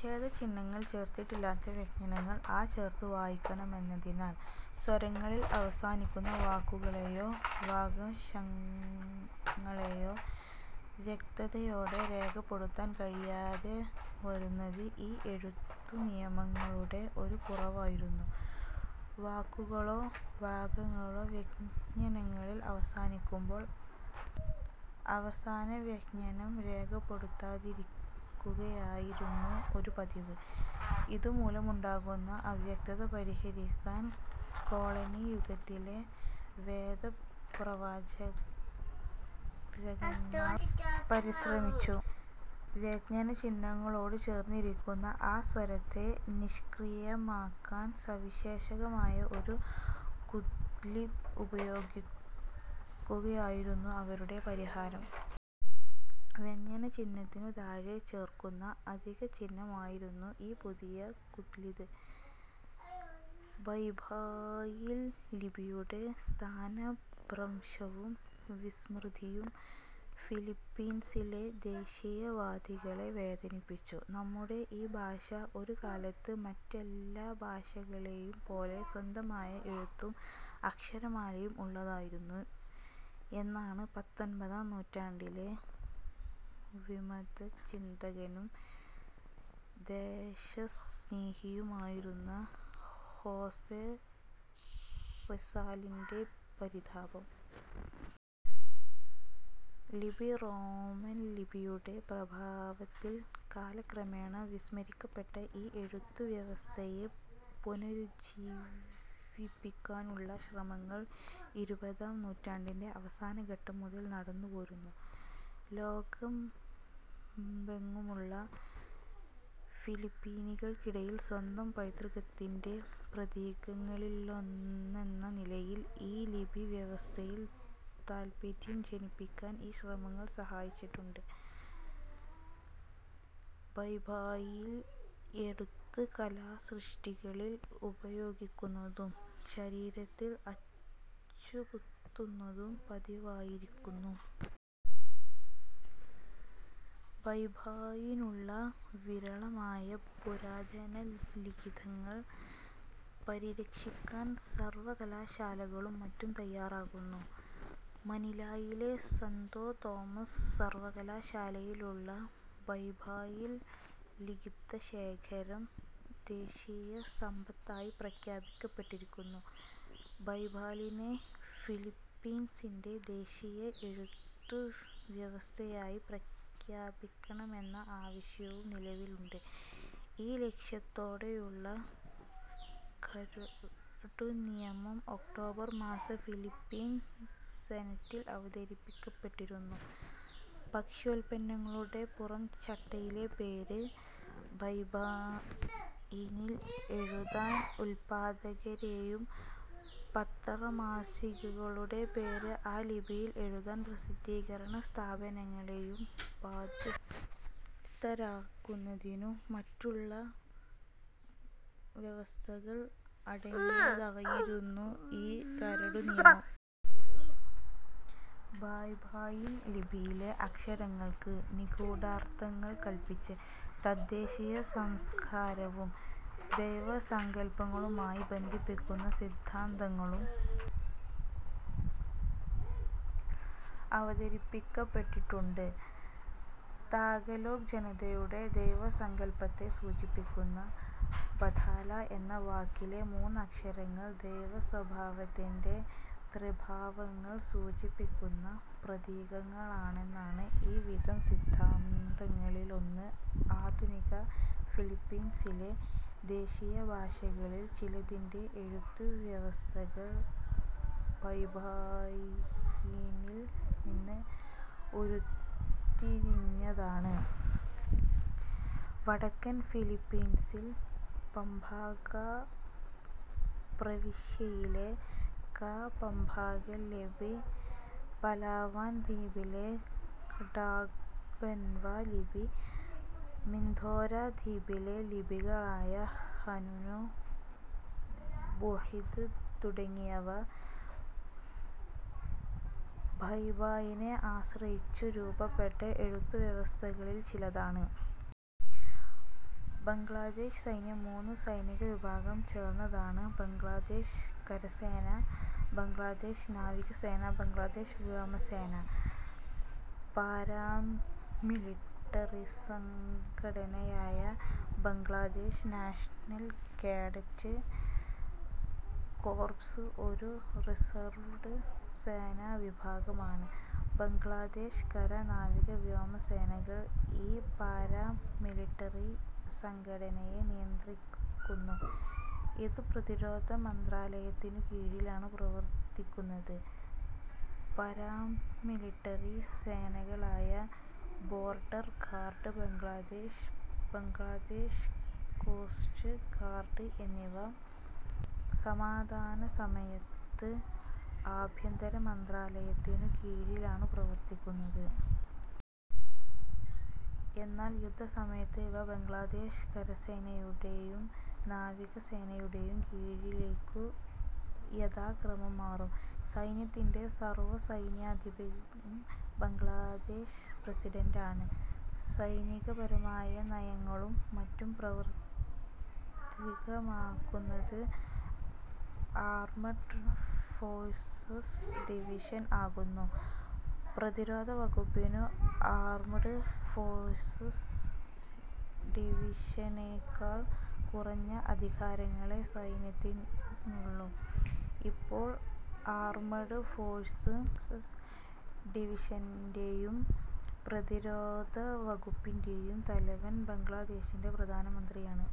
ഛേദചിഹ്നങ്ങൾ ചേർത്തിട്ടില്ലാത്ത വ്യഞ്ജനങ്ങൾ 'അ' ചേർത്തു വായിക്കണമെന്നതിനാൽ, സ്വരങ്ങളിൽ അവസാനിക്കുന്ന വാക്കുകളെയോ, വാഗംശങ്ങളെയോ വ്യക്തതയോടെ രേഖപ്പെടുത്താൻ കഴിയാതെ വരുന്നത് ഈ എഴുത്തുനിയമങ്ങളുടെ ഒരു കുറവായിരുന്നു. വാക്കുകളോ വാഗംശങ്ങളോ വ്യഞ്ജനങ്ങളിൽ അവസാനിക്കുമ്പോൾ, അവസാനവ്യഞ്ജനം രേഖപ്പെടുത്താതിരിക്കുകയായിരുന്നു ഒരു പതിവ്. ഇതുമൂലമുണ്ടാകുന്ന അവ്യക്തത പരിഹരിക്കാൻ കോളനിയുഗത്തിലെ വേദപ്രചാരകന്മാർ പരിശ്രമിച്ചു. വ്യഞ്ജനചിഹ്നങ്ങളോടു ചേർന്നുനിൽക്കുന്ന 'അ' സ്വരത്തെ നിഷ്ക്രിയമാക്കാൻ സവിശേഷമായ ഒരു 'കുദ്ലിത്' ഉപയോഗിക്കുകയായിരുന്നു അവരുടെ പരിഹാരം. വ്യഞ്ജനചിഹ്നത്തിനു താഴെ ചേർക്കുന്ന അധികഛിഹ്നം ആയിരുന്നു ഈ പുതിയ 'കുദ്ലിത്'. ബയ്ബായിൽ ലിപിയുടെ സ്ഥാനഭ്രംശവും വിസ്മൃതിയും ഫിലിപ്പീൻസിലെ ദേശീയവാദികളെ വേദനിപ്പിച്ചു. "നമ്മുടെ ഈ ഭാഷ ഒരുകാലത്ത് മറ്റെല്ലാ ഭാഷകളേയും പോലെ സ്വന്തമായ എഴുത്തും അക്ഷരമാലയും ഉള്ളതായിരുന്നു" എന്നാണ് പത്തൊൻപതാം നൂറ്റാണ്ടിലെ വിമതചിന്തകനും ദേശസ്നേഹിയുമായിരുന്ന ഹോസെ റിസാലിന്റെ പരിതാപം. ലിപി റോമൻലിപിയുടെ പ്രഭാവത്തിൽ കാലക്രമേണ വിസ്മരിക്കപ്പെട്ട ഈ എഴുത്തുവ്യവസ്ഥയെ പുനരുജ്ജീവിപ്പിക്കാനുള്ള ശ്രമങ്ങൾ ഇരുപതാം നൂറ്റാണ്ടിന്റെ അവസാനഘട്ടം മുതൽ നടന്നുപോരുന്നു. ലോകമ്പെങ്ങുമുള്ള ഫിലിപ്പീനികൾക്കിടയിൽ, സ്വന്തം പൈതൃകത്തിന്റെ പ്രതീകങ്ങളിലൊന്നെന്ന നിലയിൽ ഈ ലിപിവ്യവസ്ഥയിൽ താത്പര്യം ജനിപ്പിക്കാൻ ഈ ശ്രമങ്ങൾ സഹായിച്ചിട്ടുണ്ട്. ബയ്ബായിൻ എഴുത്ത് കലാസൃഷ്ടികളിൽ ഉപയോഗിക്കുന്നതും ശരീരത്തിൽ അച്ചുകുത്തുന്നതും പതിവായിരിക്കുന്നു. ബയ്ബായിനുള്ള വിരളമായ പുരാതനലിഖിതങ്ങൾ പരിരക്ഷിക്കാൻ സർവകലാശാലകളും മറ്റും തയ്യാറാകുന്നു. മനിലായിലെ സാന്തോ തോമാസ് സർവകലാശാലയിലുള്ള ബയ്ബായിൻ ലിഖിതശേഖരം ദേശീയസമ്പത്തായി പ്രഖ്യാപിക്കപ്പെട്ടിരിക്കുന്നു. ബയ്ബായിനെ ഫിലിപ്പീൻസിന്റെ ദേശീയ എഴുത്തുവ്യവസ്ഥയായി പ്രഖ്യാപിക്കണമെന്ന ആവശ്യവും നിലവിലുണ്ട്. ഈ ലക്ഷ്യത്തോടെയുള്ള കരടുനിയമം ഒക്ടോബർ മാസം ഫിലിപ്പീൻ സെനറ്റിൽ അവതരിപ്പിക്കപ്പെട്ടിരുന്നു. ഭക്ഷ്യോല്പന്നങ്ങളുടെ പുറംചട്ടയിലെ പേര് ബയ്ബായിനിൽ എഴുതാൻ ഉല്പാദകരേയും, പത്രമാസികകളുടെ പേര് ആ ലിപിയിൽ എഴുതാൻ പ്രസിദ്ധീകരണസ്ഥാപനങ്ങളേയും ബാദ്ധ്യസ്ഥരാക്കുന്നതിനും മറ്റുമുള്ള വ്യവസ്ഥകൾ അടങ്ങിയതായിരുന്നു ഈ കരടുനിയമം. ബയ്ബായിൻ ലിപിയിലെ അക്ഷരങ്ങൾക്ക് നിഗൂഢാർത്ഥങ്ങൾ കല്പിച്ച് തദ്ദേശീയസംസ്കാരവും ദൈവസങ്കല്പങ്ങളുമായി ബന്ധിപ്പിക്കുന്ന സിദ്ധാന്തങ്ങളും അവതരിപ്പിക്കപ്പെട്ടിട്ടുണ്ട്. താഗലോഗ് ജനതയുടെ ദൈവസങ്കല്പത്തെ സൂചിപ്പിക്കുന്ന 'ബതാല' എന്ന വാക്കിലെ മൂന്നക്ഷരങ്ങൾ, ദൈവസ്വഭാവത്തിന്റെ ത്രിഭാവങ്ങൾ സൂചിപ്പിക്കുന്ന പ്രതീകങ്ങളാണെന്നാണ് ഈവിധം സിദ്ധാന്തങ്ങളിലൊന്ന്. ആധുനിക ഫിലിപ്പീൻസിലെ ദേശീയഭാഷകളിൽ ചിലതിന്റെ എഴുത്തുവ്യവസ്ഥകൾ ബയ്ബായിനിൽ നിന്ന് ഉരുത്തിരിഞ്ഞതാണ്. വടക്കൻ ഫിലിപ്പീൻസിൽ പമ്പാംഗാ പ്രവിശ്യയിലെ കാ-പമ്പാംഗൻ ലിപി, പലാവാൻ ദ്വീപിലെ ടാഗ്ബൻവാ ലിപി, മിന്ദോരോ ദ്വീപിലെ ലിപികളായ ഹനുനോ, ബുഹിദ് തുടങ്ങിയവ ബയ്ബായിനെ ആശ്രയിച്ചു രൂപപ്പെട്ട എഴുത്തുവ്യവസ്ഥകളിൽ ചിലതാണ്. ബംഗ്ലാദേശ് സൈന്യം മൂന്നു സൈനികവിഭാഗം ചേർന്നതാണ്: ബംഗ്ലാദേശ് കരസേന, ബംഗ്ലാദേശ് നാവികസേന, ബംഗ്ലാദേശ് വ്യോമസേന. പാരാമിലിട്ടറി സംഘടനയായ ബംഗ്ലാദേശ് നാഷണൽ കേഡറ്റ് കോർപ്സ് ഒരു റിസർവ്ഡ് സേനാവിഭാഗമാണ്. ബംഗ്ലാദേശ് കര-നാവിക-വ്യോമസേനകൾ ഈ പാരാ മിലിട്ടറി സംഘടനയെ നിയന്ത്രിക്കുന്നു. ഇത് പ്രതിരോധ മന്ത്രാലയത്തിനു കീഴിലാണ് പ്രവർത്തിക്കുന്നത്. പാരാമിലിട്ടറി സേനകളായ border guard Bangladesh, Bangladesh coast guard എന്നിവ സമാധാനസമയത്ത് ആഭ്യന്തരമന്ത്രാലയത്തിനു കീഴിലാണു പ്രവർത്തിക്കുന്നത്. എന്നാൽ യുദ്ധസമയത്ത് ഇവ ബംഗ്ലാദേശ് കരസേനയുടെയും നാവികസേനയുടെയും കീഴിലേയ്ക്കു യഥാക്രമം മാറും. സൈന്യത്തിന്റെ സർവ്വസൈന്യാധിപൻ ബംഗ്ലാദേശ് പ്രസിഡന്റ് ആണ്. സൈനികപരമായ നയങ്ങളും മറ്റും പ്രാവർത്തികമാക്കുന്നത്, ആർമ്ഡ് ഫോഴ്സസ് ഡിവിഷൻ ആകുന്നു. പ്രതിരോധവകുപ്പിനു ആർമ്ഡ് ഫോഴ്സസ് ഡിവിഷനേക്കാൾ കുറഞ്ഞ അധികാരങ്ങളേ സൈന്യത്തിലുള്ളു. ഇപ്പോൾ, ആർമ്ഡ് ഫോഴ്സസ് ഡിവിഷന്റെയും പ്രതിരോധവകുപ്പിന്റെയും തലവൻ ബംഗ്ലാദേശിന്റെ പ്രധാനമന്ത്രിയാണ്.